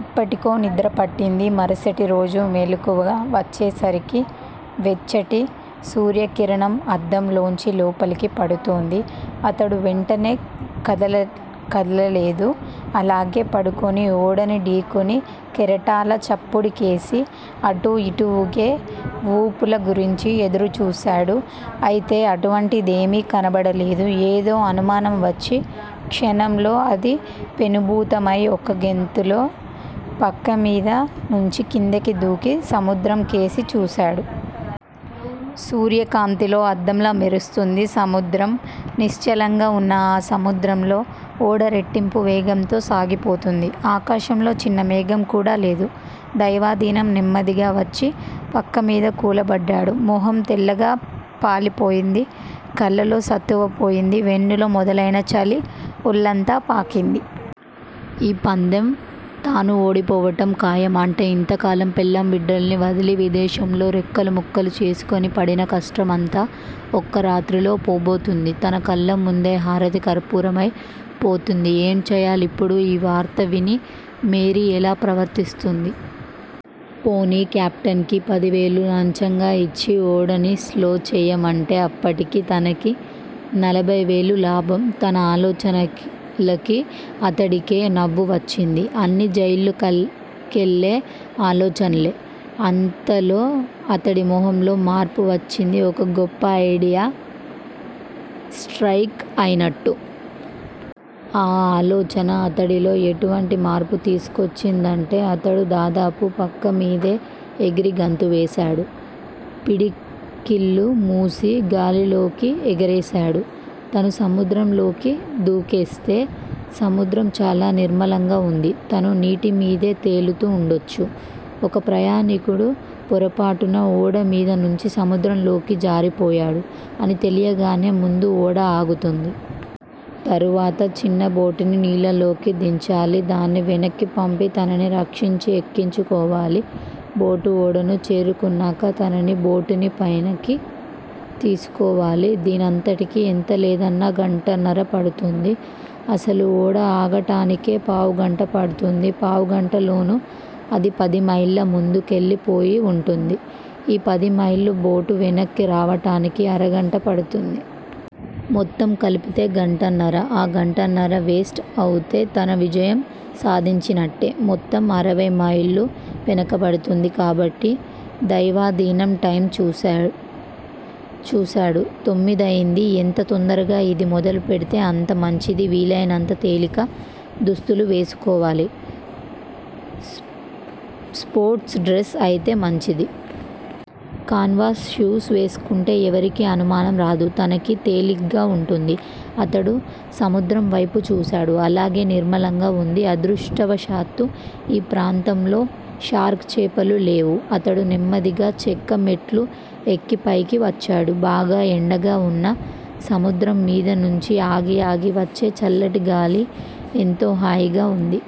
ఎప్పటికో నిద్రపట్టింది. మరుసటిరోజు మెలకువ వచ్చేసరికి వెచ్చటి సూర్యకిరణం అద్దంలోంచి లోపలికి పడుతూంది. అతడు వెంటనే కదల్లేదు. అలాగే పడుకుని ఓడని ఢీకొనే కెరటాల చప్పుడుకేసీ, అటూ ఇటూవూగే వూపుల గురించీ ఎదురుచూశాడు. అయితే అటువంటిదేమీ కనబడలేదు. ఏదో అనుమానం వచ్చి, క్షణంలో అది పెనుభూతమై ఒక్క గెంతులో పక్కమీద నుంచి కిందికి దూకి, సముద్రంకేసి చూశాడు. సూర్యకాంతిలో అద్దంలా మెరుస్తూంది సముద్రం నిశ్చలంగా ఉన్న ఆ సముద్రంలో ఓడ రెట్టింపు వేగంతో సాగిపోతూంది. ఆకాశంలో చిన్న మేఘం కూడా లేదు. దైవాధీనం నెమ్మదిగా వచ్చి పక్కమీద కూలబడ్డాడు. మొహం తెల్లగా పాలిపోయింది. కాళ్ళలో సత్తువ పోయింది. వెన్నులో మొదలైన చలి ఒళ్ళంతా పాకింది. ఈ పందెం తను ఓడిపోవటం ఖాయం. అంటే ఇంతకాలం పెళ్ళాం బిడ్డల్ని వదిలి, విదేశంలో రెక్కలు ముక్కలు చేసుకుని పడిన కష్టం అంతా ఒక్క రాత్రిలో పోబోతూంది. తన కళ్ళముందే హారతి కర్పూరమై పోతూంది. ఏం చెయ్యాలి ఇప్పుడు. ఈ వార్త విని మేరీ ఎలా ప్రవర్తిస్తుంది? పోనీ కెప్టెన్ కి పదివేలు లంచంగా ఇచ్చి ఓడని స్లో చెయ్యమంటే? అప్పటికీ తనకి నలభై వేలు లాభం! తన ఆలోచనలకి అతడికే నవ్వు వచ్చింది. అన్నీ జైలు కెళ్ళే ఆలోచన్లే. అంతలో అతడి మొహంలో మార్పు వచ్చింది ఒక గొప్ప ఐడియా స్ట్రయిక్ అయినట్టూ. ఆ ఆలోచన అతడిలో ఎటువంటి మార్పు తీసుకొచ్చిందంటే అతడు దాదాపు పక్కమీదే ఎగిరి గంతువేశాడు. పిడికిళ్ళు మూసి గాలిలోకి ఎగిరేశాడు తను సముద్రంలోకి దూకేస్తే? సముద్రం చాలా నిర్మలంగా ఉంది!!! తను నీటిమీదే తేలుతూ ఉండొచ్చు!!! ఒక ప్రయాణీకుడు పొరపాటున ఓడ మీద నుంచి సముద్రంలోకి జారిపోయాడు అని తెలుయగానే ముందు ఓడ ఆగుతుంది. తరువాత చిన్న బోటుని నీళ్ళలోకి దించాలి. దాన్ని వెనక్కి పంపి, తనని రక్షించి ఎక్కించుకోవాలి. బోటు ఓడను చేరుకొన్నాక తననీ, బోటునీ పైకి తీసుకోవాలి. దీనంతటికీ ఎంతలేదన్నా గంటన్నరపడుతుంది. అసలు ఓడ ఆగటానికే పావుగంట పడుతుంది. పావుగంటలోనూ అది పదిమైళ్ళు ముందుకెళ్ళి పోయి వుంటుంది. ఈ పదిమైళ్ళూ బోటు వెనక్కి రావటానికి అరగంట పడుతుంది. మొత్తం కలిపితే గంటన్నర. ఆ గంటన్నర వేస్టు అవుతే తను విజయం సాధించినట్టే, మొత్తం అరవైమైళ్ళు వెనకబడుతుంది కాబట్టి. దైవాధీనం టైమ్ చూశాడు. తొమ్మిదయింది. ఎంత తొందరగా ఇది మొదలు పెడితే అంత మంచిది వీలైనంత తేలిక దుస్తులు వేసుకోవాలి. స్పోర్ట్సు డ్రెస్ అయితే మంచిది. కాన్వాస్ షూస్ వేసుకుంటే ఎవరికీ అనుమానం రాదు. తనకీ తేలిగ్గా వుంటుంది. అతడు సముద్రం వేపు చూశాడు. అలాగే నిర్మలంగా వుంది. అదృష్టవశాత్తు ఈ ప్రాంతంలో షార్క్ చేపలు లేవు. అతడు నెమ్మదిగా చెక్క మెట్లు ఎక్కిపైకి వచ్చాడు. బాగా ఎండగా వున్నా, సముద్రం మీదనుంచి ఆగి ఆగి వచ్చే చల్లటి గాలి ఎంతో హాయిగా వుంది.